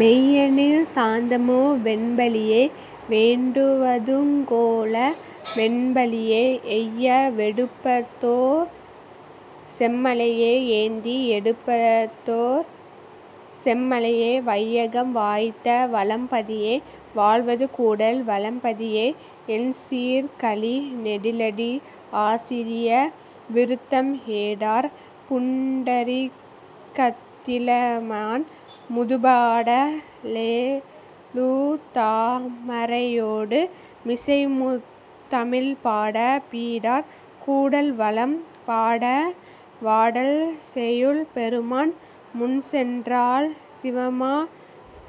மெய்யணி சாந்தமும் வெண்பலியே வேண்டுவ துங்கொள வெண்பலியே எய்ய வெடுப்பதோர் செம்மலையே யேந்தி யெடுப்பதோர் செம்மலையே வையகம் வாய்த்த வளம்பதியே வாழ்வது கூடல் வளம்பதியே. எண்சீர்க் கழிநெடிலடி ஆசிரிய விருத்தம் ஏடார் புண்டரிகத் திளமான் முதுபாட லெழுதா மறையோடு மிசைமுத் தமிழ்பாடப் பீடார் கூடல்வளம் பாடா வாடல்செயும் பெருமான் முன்சென்றாள் சிறுமா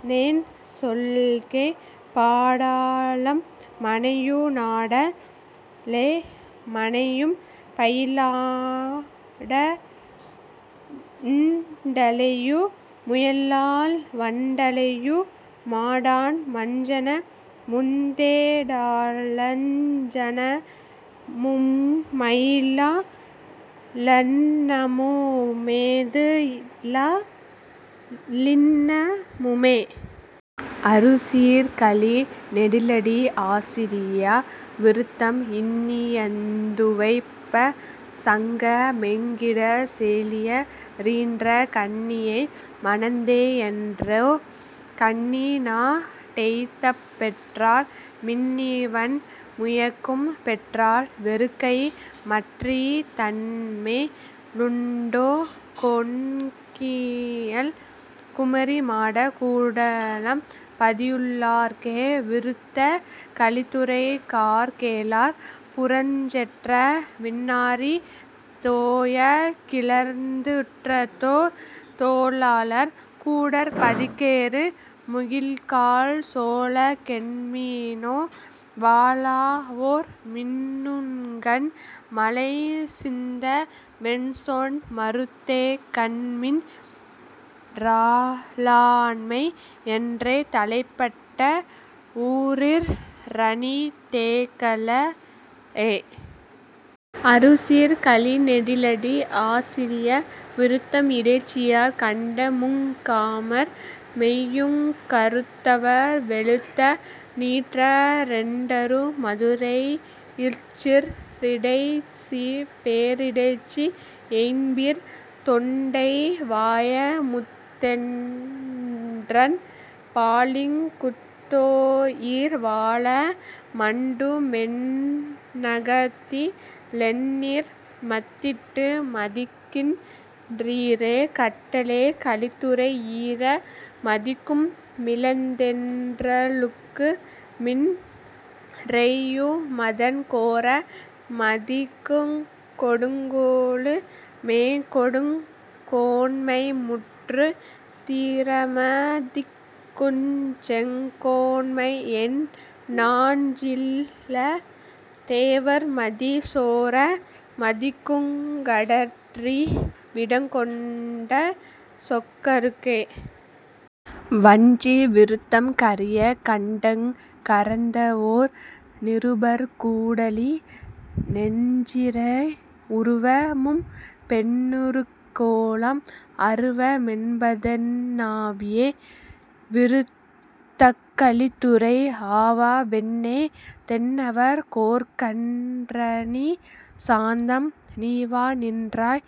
னென்சொல்கே பாடா ளம்மனையு நாடா ளெம்மனையும் பயிலா டண்டலையு முயலாள் வண்டலையு மாடாண் மஞ்சனமுந் தேடாளஞ்சனமு மயிலா ளன்னமுமே துயிலா ளின்னமுமே. அறுசீர்க் கழிநெடிலடி ஆசிரிய விருத்தம் இன்னியந் துவைப்பச் சங்க மேங்கிடச் செழிய ரீன்ற கன்னியை மணந்தே யன்றோ கன்னிநா டெய்தப் பெற்றார் மின்னிவண் முயக்கும் பெற்றால் வெறுக்கைமற் றிதன்மே லுண்டோ கொன்னியல் குமரி மாடக் கூடலம் பதியு ளார்க்கே. விருத்தக் கலித்துறை கார் கேளார் புரஞ்செற்ற வின்னாரிதோயக் கிளர்ந்துற்றதோர் தோளாளர் கூடற் பதிக்கேகு முகில்காள் சொலக்கேண்மினோ வாளாவொர் மின்னுங்கண் மழைசிந்த வென்சொன் மறுத்தேகன்மின் றாளாண்மை யன்றே தளைப்பட்ட வூரிற் றனித்தேகலே. அறுசீர்க் கழிநெடிலடி ஆசிரிய விருத்தம் இடைச்சியார் கண்டமுங் காமர் மெய்யுங் கறுத்தவர் வெளுத்த நீற்ற ரெண்டரு மதுரை யிற்சிற் றிடைச்சிபே ரிடைச்சி யென்பீர் தொண்டைவா யமுதிட் டென்றன் பாலிங்குத் தோயீர் வாளா மண்டுமென் னகத்தி லென்னீர் மத்திட்டு மதிக்கின் றீரே. கட்டளைக் கலித்துறை ஈர மதிக்கும் மிளந்தென் றலுக்குமின் றெய்யுமதன் கோர மதிக்குங் கொடுங்கோலு மேகொடுங் கோன்மைமுற்றுந் தீரம திக்குஞ்செங் கோன்மையென் னாஞ்சில தேவர்மதி சோர மதிக்குங் கடற்றீ விடங்கொண்ட சொக்கருக்கே. வஞ்சி விருத்தம் கரிய கண்டங் கரந்தவோர் நிருபர் கூடலி னெஞ்சிரே உருவ மும்பெண் ணுருக்கொலாம் அருவ மென்பதென் னாவியே. விருத்தக் கலித்துறை ஆவா வென்னே தென்னவர் கோற்கன் றணிசாந்தம் நீவா நின்றாய்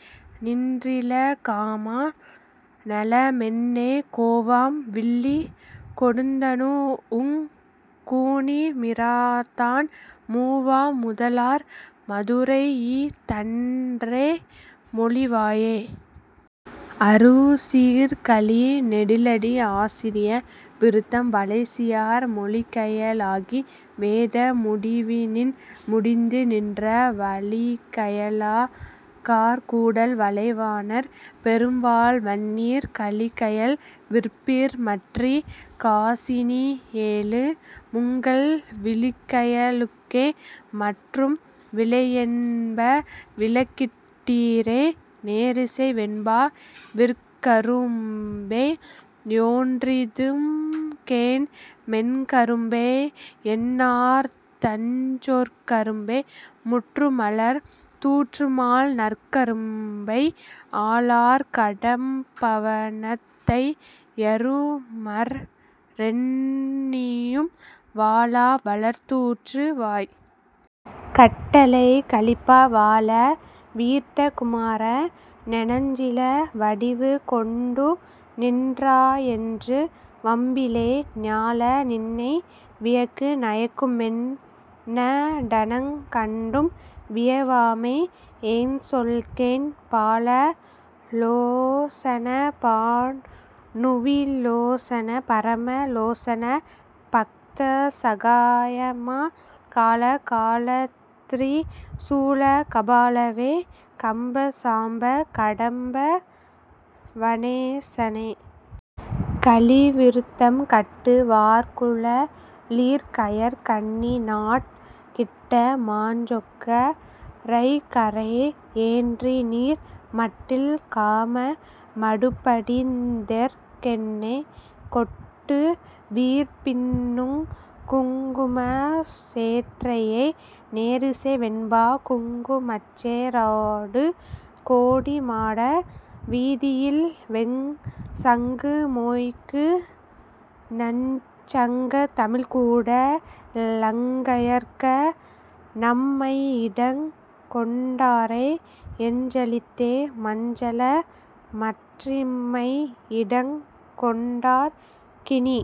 நின்றில காமா னலமென்னே கோவாம் வில்லி கொடுந்தனு வுங்கூ னிமிராதான் மூவா முதலார் மதுரையி தன்றோ மொழிவாயே. அறுசீர்க் கழிநெடிலடி ஆசிரிய விருத்தம் வலைச்சியார் மொழிக்கய லாகி வேத முடிவினின் முடிந்து நின்ற வழிகய லாகார் கூடல் வலைவாணர் பெருவாழ் வன்னீர் கழிக்கயல் விற்பீர் மற்றிக் காசினி யேழு முங்கள் விழிக்கய லுக்கே முற்றும் விலையென்ப விளக்கிட் டீரே. நேரிசை வெண்பா விற்கரும்பே யொன்றிதுகேண் மென்கரும்பே யன்னார்தஞ் சொற்கரும்பே முற்றுமலர் தூற்றுமால் நற்கரும்பை ஆளார் கடம்பவனத் தையருமற் றென்னீயும் வாளா வலர்தூற்று வாய். கட்டளைக் கலிப்பா வால விர்த்த குமார னெனச்சில வடிவு கொண்டுநின் றாயென்று வம்பிலே ஞால நின்னை வியக்கு நயக்குமென் னடனங் கண்டும் வியவாமை யென்சொல்கேன் பால லோசன பாநுவி லோசன பரம லோசன பக்த சகாயமா கால காலத்ரி சூல கபாலவே கம்ப சாம்ப கடம்ப வனேசனே. கலிவிருத்தம் கட்டு வார்குழ லீர்கயற் கண்ணினாட் கிட்ட மாஞ்சொக்க ரைக்கரை யேற்றினீர் மட்டில் காம மடுப்படிந் தேற்கென்னே கொட்டு வீர்பின்னுங் குங்குமச் சேற்றையே. நேரிசை வெண்பா குங்குமச்சே றாடுங் கொடிமாட வீதியில்வெண் சங்குமொய்க்குஞ் சங்கத் தமிழ்க்கூட லங்கயற்க ணம்மையிடங் கொண்டாரை யஞ்சலித்தே மஞ்சலமற் றிம்மையிடங் கொண்டார்க் கினி.